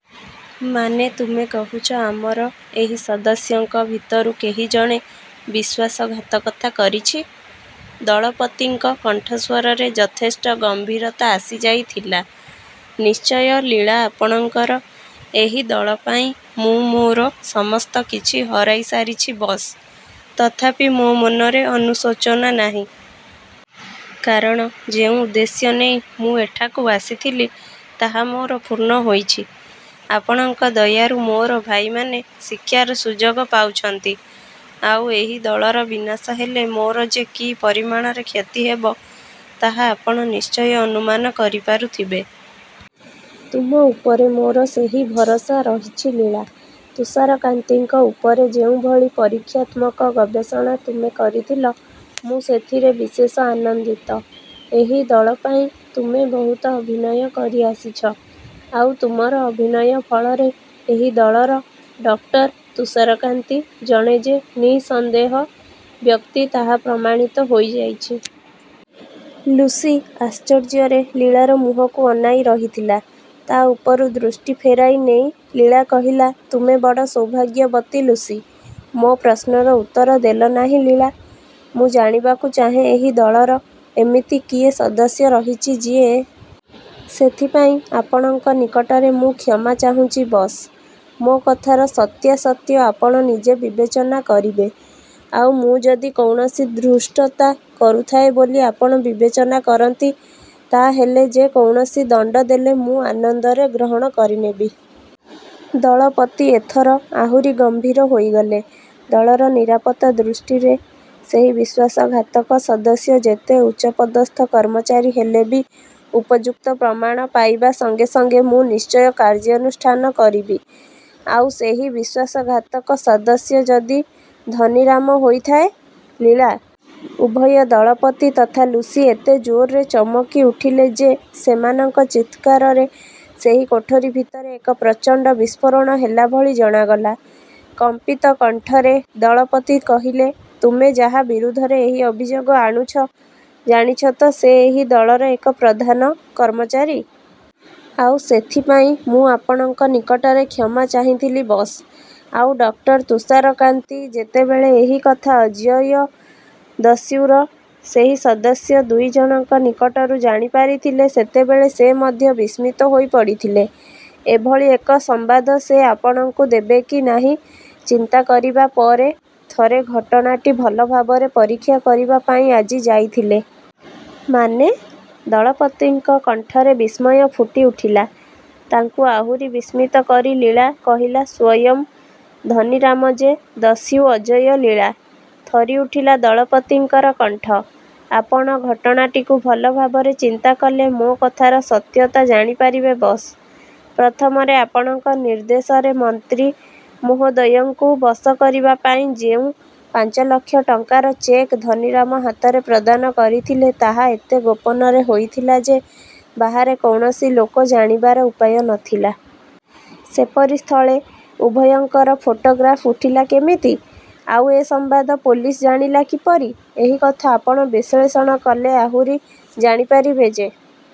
ମାନେ ତୁମେ କହୁଛ ଆମର ଏହି ସଦସ୍ୟଙ୍କ ଭିତରୁ କେହି ଜଣେ ବିଶ୍ୱାସଘାତକତା କରିଛି? ଦଳପତିଙ୍କ କଣ୍ଠସ୍ୱରରେ ଯଥେଷ୍ଟ ଗମ୍ଭୀରତା ଆସିଯାଇଥିଲା। ନିଶ୍ଚୟ ଲୀଳା ଆପଣଙ୍କର ଏହି ଦଳ ପାଇଁ ମୁଁ ମୋର ସମସ୍ତ କିଛି ହରାଇସାରିଛି ବସ୍। ତଥାପି ମୋ ମନରେ ଅନୁଶୋଚନା ନାହିଁ। କାରଣ ଯେଉଁ ଉଦ୍ଦେଶ୍ୟ ନେଇ ମୁଁ ଏଠାକୁ ଆସିଥିଲି ତାହା ମୋର ପୂର୍ଣ୍ଣ ହୋଇଛି। ଆପଣଙ୍କ ଦୟାରୁ ମୋର ଭାଇମାନେ ଶିକ୍ଷାର ସୁଯୋଗ ପାଉଛନ୍ତି। ଆଉ ଏହି ଦଳର ବିନାଶ ହେଲେ ମୋର ଯେ କି ପରିମାଣରେ କ୍ଷତି ହେବ ତାହା ଆପଣ ନିଶ୍ଚୟ ଅନୁମାନ କରିପାରୁଥିବେ। ତୁମ ଉପରେ ମୋର ସେହି ଭରସା ରହିଛି ଲୀଳା। ତୁଷାରକାନ୍ତିଙ୍କ ଉପରେ ଯେଉଁଭଳି ପରୀକ୍ଷାତ୍ମକ ଗବେଷଣା ତୁମେ କରିଥିଲ ମୁଁ ସେଥିରେ ବିଶେଷ ଆନନ୍ଦିତ। ଏହି ଦଳ ପାଇଁ ତୁମେ ବହୁତ ଅଭିନୟ କରିଆସିଛ। ଆଉ ତୁମର ଅଭିନୟ ଫଳରେ ଏହି ଦଳର ଡକ୍ଟର ତୁଷାରକାନ୍ତି ଜଣେ ଯେ ନିଃସନ୍ଦେହ ବ୍ୟକ୍ତି ତାହା ପ୍ରମାଣିତ ହୋଇଯାଇଛି। ଲୁସି ଆଶ୍ଚର୍ଯ୍ୟରେ ଲୀଳାର ମୁହଁକୁ ଅନାଇ ରହିଥିଲା। ତା’ ଉପରୁ ଦୃଷ୍ଟି ଫେରାଇ ନେଇ ଲୀଳା କହିଲା ତୁମେ ବଡ଼ ସୌଭାଗ୍ୟବତୀ ଲୁସି! ମୋ ପ୍ରଶ୍ନର ଉତ୍ତର ଦେଲ ନାହିଁ ଲୀଳା! ମୁଁ ଜାଣିବାକୁ ଚାହେଁ ଏହି ଦଳର ଏମିତି କିଏ ସଦସ୍ୟ ରହିଛି ଯିଏ... ସେଥିପାଇଁ ଆପଣଙ୍କ ନିକଟରେ ମୁଁ କ୍ଷମା ଚାହୁଁଛି ବସ୍। ମୋ କଥାର ସତ୍ୟାସତ୍ୟ ଆପଣ ନିଜେ ବିବେଚନା କରିବେ। ଆଉ ମୁଁ ଯଦି କୌଣସି ଧୃଷ୍ଟତା କରୁଥାଏ ବୋଲି ଆପଣ ବିବେଚନା କରନ୍ତି ତା’ ହେଲେ ଯେ କୌଣସି ଦଣ୍ଡ ଦେଲେ ମୁଁ ଆନନ୍ଦରେ ଗ୍ରହଣ କରିନେବି। ଦଳପତି ଏଥର ଆହୁରି ଗମ୍ଭୀର ହୋଇଗଲେ। ଦଳର ନିରାପତ୍ତା ଦୃଷ୍ଟିରେ ସେହି ବିଶ୍ୱାସଘାତକ ସଦସ୍ୟ ଯେତେ ଉଚ୍ଚପଦସ୍ଥ କର୍ମଚାରୀ ହେଲେ ବି ଉପଯୁକ୍ତ ପ୍ରମାଣ ପାଇବା ସଙ୍ଗେ ସଙ୍ଗେ ମୁଁ ନିଶ୍ଚୟ କାର୍ଯ୍ୟାନୁଷ୍ଠାନ କରିବି। ଆଉ ସେହି ବିଶ୍ୱାସଘାତକ ସଦସ୍ୟ ଯଦି ଧନୀରାମ ହୋଇଥାଏ? ଲୀଳା! ଉଭୟ ଦଳପତି ତଥା ଲୁସି ଏତେ ଜୋରରେ ଚମକିଉଠିଲେ ଯେ ସେମାନଙ୍କ ଚିତ୍କାରରେ ସେହି କୋଠରି ଭିତରେ ଏକ ପ୍ରଚଣ୍ଡ ବିସ୍ଫୋରଣ ହେଲା ଭଳି ଜଣାଗଲା। କମ୍ପିତ କଣ୍ଠରେ ଦଳପତି କହିଲେ ତୁମେ ଯାହା ବିରୁଦ୍ଧରେ ଏହି ଅଭିଯୋଗ ଆଣୁଛ ଜାଣିଛ ତ ସେ ଏହି ଦଳର ଏକ ପ୍ରଧାନ କର୍ମଚାରୀ! ଆଉ ସେଥିପାଇଁ ମୁଁ ଆପଣଙ୍କ ନିକଟରେ କ୍ଷମା ଚାହିଁଥିଲି ବସ୍। ଆଉ ଡକ୍ଟର ତୁଷାରକାନ୍ତି ଯେତେବେଳେ ଏହି କଥା ଅଜୟ ଦସ୍ୟୁର ସେହି ସଦସ୍ୟ ଦୁଇ ଜଣଙ୍କ ନିକଟରୁ ଜାଣିପାରିଥିଲେ ସେତେବେଳେ ସେ ମଧ୍ୟ ବିସ୍ମିତ ହୋଇପଡ଼ିଥିଲେ। ଏଭଳି ଏକ ସମ୍ବାଦ ସେ ଆପଣଙ୍କୁ ଦେବେ କି ନାହିଁ ଚିନ୍ତା କରିବା ପରେ ଥରେ ଘଟଣାଟି ଭଲ ଭାବରେ ପରୀକ୍ଷା କରିବା ପାଇଁ ଆଜି ଯାଇଥିଲେ। ମାନେ? ଦଳପତିଙ୍କ କଣ୍ଠରେ ବିସ୍ମୟ ଫୁଟିଉଠିଲା। ତାଙ୍କୁ ଆହୁରି ବିସ୍ମିତ କରି ଲୀଳା କହିଲା ସ୍ୱୟଂ ଧନୀରାମ ଯେ ଦସ୍ୟୁ ଅଜୟ ଲୀଳା! ଥରିଉଠିଲା ଦଳପତିଙ୍କର କଣ୍ଠ। ଆପଣ ଘଟଣାଟିକୁ ଭଲ ଭାବରେ ଚିନ୍ତା କଲେ ମୋ କଥାର ସତ୍ୟତା ଜାଣିପାରିବେ ବସ୍। ପ୍ରଥମରେ ଆପଣଙ୍କ ନିର୍ଦ୍ଦେଶରେ ମନ୍ତ୍ରୀ ମହୋଦୟଙ୍କୁ ବଶ କରିବା ପାଇଁ ଯେଉଁ ପାଞ୍ଚ ଲକ୍ଷ ଟଙ୍କାର ଚେକ୍ ଧନୀରାମ ହାତରେ ପ୍ରଦାନ କରିଥିଲେ ତାହା ଏତେ ଗୋପନରେ ହୋଇଥିଲା ଯେ ବାହାରେ କୌଣସି ଲୋକ ଜାଣିବାର ଉପାୟ ନ ଥିଲା। ସେପରି ସ୍ଥଳେ ଉଭୟଙ୍କର ଫଟୋଗ୍ରାଫ୍ ଉଠିଲା କେମିତି? ଆଉ ଏ ସମ୍ବାଦ ପୋଲିସ ଜାଣିଲା କିପରି? ଏହି କଥା ଆପଣ ବିଶ୍ଳେଷଣ କଲେ ଆହୁରି ଜାଣିପାରିବେ ଯେ